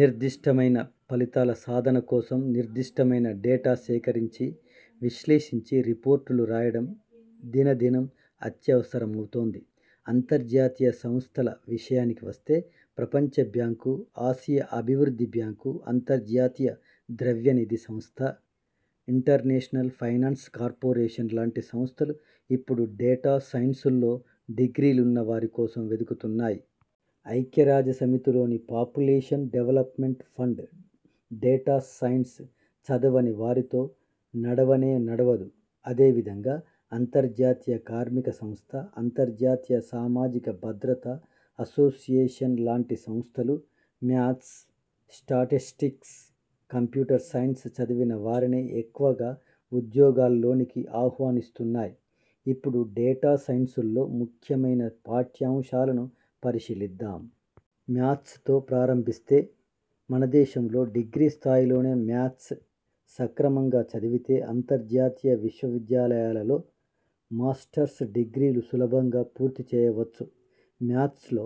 నిర్దిష్టమైన ఫలితాల సాధన కోసం, నిర్దిష్టమైన డేటా సేకరించి, విశ్లేషించి రిపోర్టులు రాయడం దినదినం అత్యవసరమవుతోంది. అంతర్జాతీయ సంస్థల విషయానికి వస్తే ప్రపంచ బ్యాంకు, ఆసియా అభివృద్ధి బ్యాంకు, అంతర్జాతీయ ద్రవ్య నిధి సంస్థ, ఇంటర్నేషనల్ ఫైనాన్స్ కార్పొరేషన్ లాంటి సంస్థలు ఇప్పుడు డేటా సైన్సుల్లో డిగ్రీలున్నవారి కోసం వెదుకుతున్నాయి. ఐక్యరాజ్యసమితిలోని పాపులేషన్ డెవలప్మెంట్ ఫండ్ డేటాసైన్సు చదవని వారితో నడవనే నడవదు. అదే విధంగా అంతర్జాతీయ కార్మిక సంస్థ, అంతర్జాతీయ సామాజిక భద్రతా అసోసియేషన్ లాంటి సంస్థలు మ్యాథ్స్, స్టాటిస్టిక్స్, కంప్యూటర్ సైన్సు చదివిన వారినే ఎక్కువగా ఉద్యోగాల్లోనికి ఆహ్వానిస్తున్నాయి. ఇప్పుడు డేటా సైన్సుల్లో ముఖ్యమైన పాఠ్యాంశాలను పరిశీలిద్దాం. మ్యాథ్స్ తో ప్రారంభిస్తే, మన దేశంలో డిగ్రీ స్థాయిలోనే మ్యాథ్స్ సక్రమంగా చదివితే అంతర్జాతీయ విశ్వవిద్యాలయాలలో మాస్టర్స్ డిగ్రీలు సులభంగా పూర్తి చేయవచ్చు. మ్యాథ్స్లో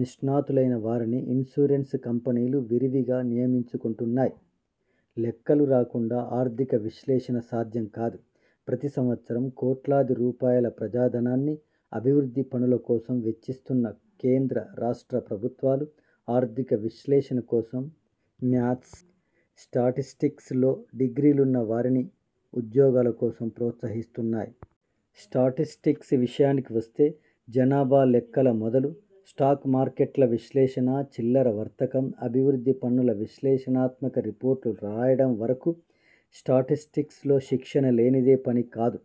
నిష్ణాతులైన వారిని ఇన్సూరెన్సు కంపెనీలు విరివిగా నియమించుకుంటున్నాయి. లెక్కలు రాకుండా ఆర్థిక విశ్లేషణ సాధ్యం కాదు. ప్రతి సంవత్సరం కోట్లాది రూపాయల ప్రజా ధనాన్ని అభివృద్ధి పనుల కోసం వెచ్చిస్తున్న కేంద్ర, రాష్ట్ర ప్రభుత్వాలు ఆర్థిక విశ్లేషణ కోసం మ్యాథ్స్, స్టాటిస్టిక్స్ లో డిగ్రీలున్న వారిని ఉద్యోగాల కోసం ప్రోత్సహిస్తున్నాయి. స్టాటిస్టిక్స్ విషయానికి వస్తే జనాభా లెక్కల మొదలు, స్టాక్ మార్కెట్ల విశ్లేషణ, చిల్లర వర్తకం, అభివృద్ధి పనుల విశ్లేషణాత్మక రిపోర్టులు రాయడం వరకు స్టాటిస్టిక్స్ లో శిక్షణ లేనిదే పని కాదు.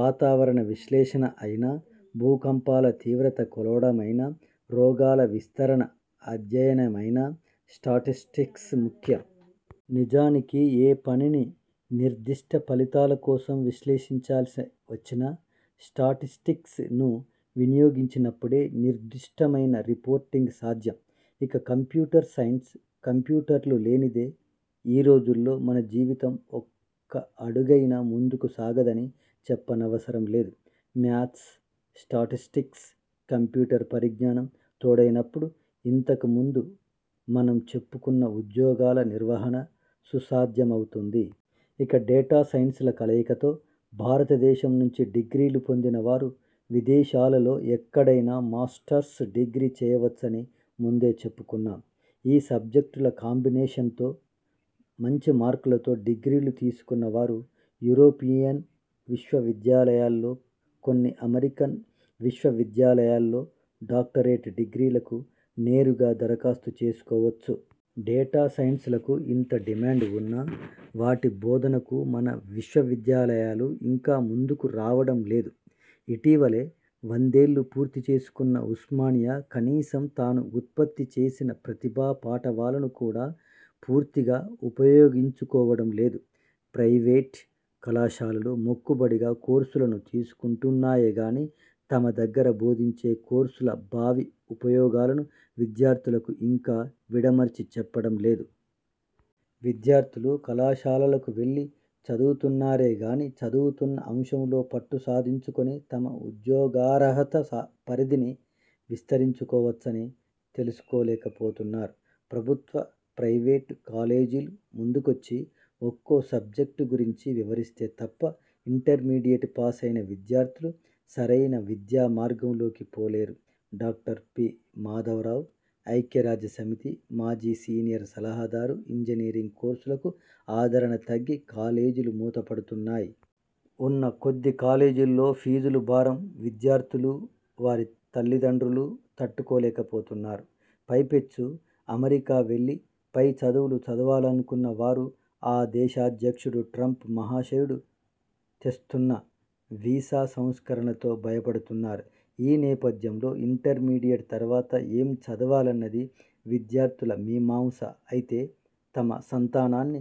వాతావరణ విశ్లేషణ అయినా, భూకంపాల తీవ్రత కొలవడమైనా, రోగాల విస్తరణ అధ్యయనమైనా స్టాటిస్టిక్స్ ముఖ్యం. నిజానికి ఏ పనిని నిర్దిష్ట ఫలితాల కోసం విశ్లేషించాల్సి వచ్చినా స్టాటిస్టిక్స్ ను వినియోగించినప్పుడే నిర్దుష్టమైన రిపోర్టింగ్ సాధ్యం. ఇక కంప్యూటర్ సైన్సు, కంప్యూటర్లు లేనిదే ఈ రోజుల్లో మన జీవితం ఒక్క అడుగైనా ముందుకు సాగదని చెప్పనవసరం లేదు. మ్యాథ్స్, స్టాటిస్టిక్స్, కంప్యూ టర్ పరిజ్ఞానం తోడైనప్పుడు ఇంతకుముందు మనం చెప్పుకున్న ఉద్యోగాల నిర్వహణ సుసాధ్యమవుతుంది. ఇక డేటా సైన్సుల కలయికతో భారతదేశం నుంచి డిగ్రీలు పొందిన వారు విదేశాలలో ఎక్కడైనా మాస్టర్స్ డిగ్రీ చేయవచ్చని ముందే చెప్పుకున్నాం. ఈ సబ్జెక్టుల కాంబినేషన్తో మంచి మార్కులతో డిగ్రీలు తీసుకున్న వారు, యూరోపియన్ విశ్వవిద్యాలయాల్లో, కొన్ని అమెరికన్ విశ్వవిద్యాలయాల్లో డాక్టరేట్ డిగ్రీలకు నేరుగా దరఖాస్తు చేసుకోవచ్చు. డేటా సైన్సులకు ఇంత డిమాండ్ ఉన్నా వాటి బోధనకు మన విశ్వవిద్యాలయాలు ఇంకా ముందుకు రావడం లేదు. ఇటీవలే వందేళ్ళు పూర్తి చేసుకున్న ఉస్మానియా కనీసం తాను ఉత్పత్తి చేసిన ప్రతిభా పాటవాలను కూడా పూర్తిగా ఉపయోగించుకోవడం లేదు. ప్రైవేటు కళాశాలలు మొక్కుబడిగా కోర్సులను తీసుకుంటున్నాయే గానీ, తమ దగ్గర బోధించే కోర్సుల భావి ఉపయోగాలను విద్యార్థులకు ఇంకా విడమర్చి చెప్పడం లేదు. విద్యార్థులు కళాశాలలకు వెళ్ళి చదువుతున్నారే గానీ, చదువుతున్న అంశంలో పట్టు సాధించుకుని తమ ఉద్యోగార్హత పరిధిని విస్తరించుకోవచ్చని తెలుసుకోలేక పోతున్నారు. ప్రభుత్వ, ప్రైవేటు కాలేజీలు ముందుకొచ్చి ఒక్కో సబ్జెక్టు గురించి వివరిస్తే తప్ప ఇంటర్మీడియెట్ పాసైన విద్యార్థులు సరైన విద్యామార్గంలోకి పోలేరు. Doctor P. మాధవరావు ఐక్యరాజ్యసమితి మాజీ సీనియర్ సలహాదారు ఇంజనీరింగు కోర్సులకు ఆదరణ తగ్గి కాలేజీలు మూతపడుతున్నాయి. ఉన్న కొద్ది కాలేజీల్లో ఫీజులు భారం విద్యార్థులూ, వారి తల్లి దండ్రులూ తట్టుకోలేకపోతున్నారు. పైపెచ్చు అమెరికా వెళ్లి పై చదువులు చదవాలనుకున్న వారు ఆ దేశాధ్యక్షుడు ట్రంప్ మహాశయుడు తెస్తోన్న వీసా సంస్కరణలతో భయపడుతున్నారు. ఈ నేపథ్యంలో, ఇంటర్మీడియెట్ తర్వాత ఏం చదవాలన్నది విద్యార్థుల మీమాంస అయితే, తమ సంతానాన్ని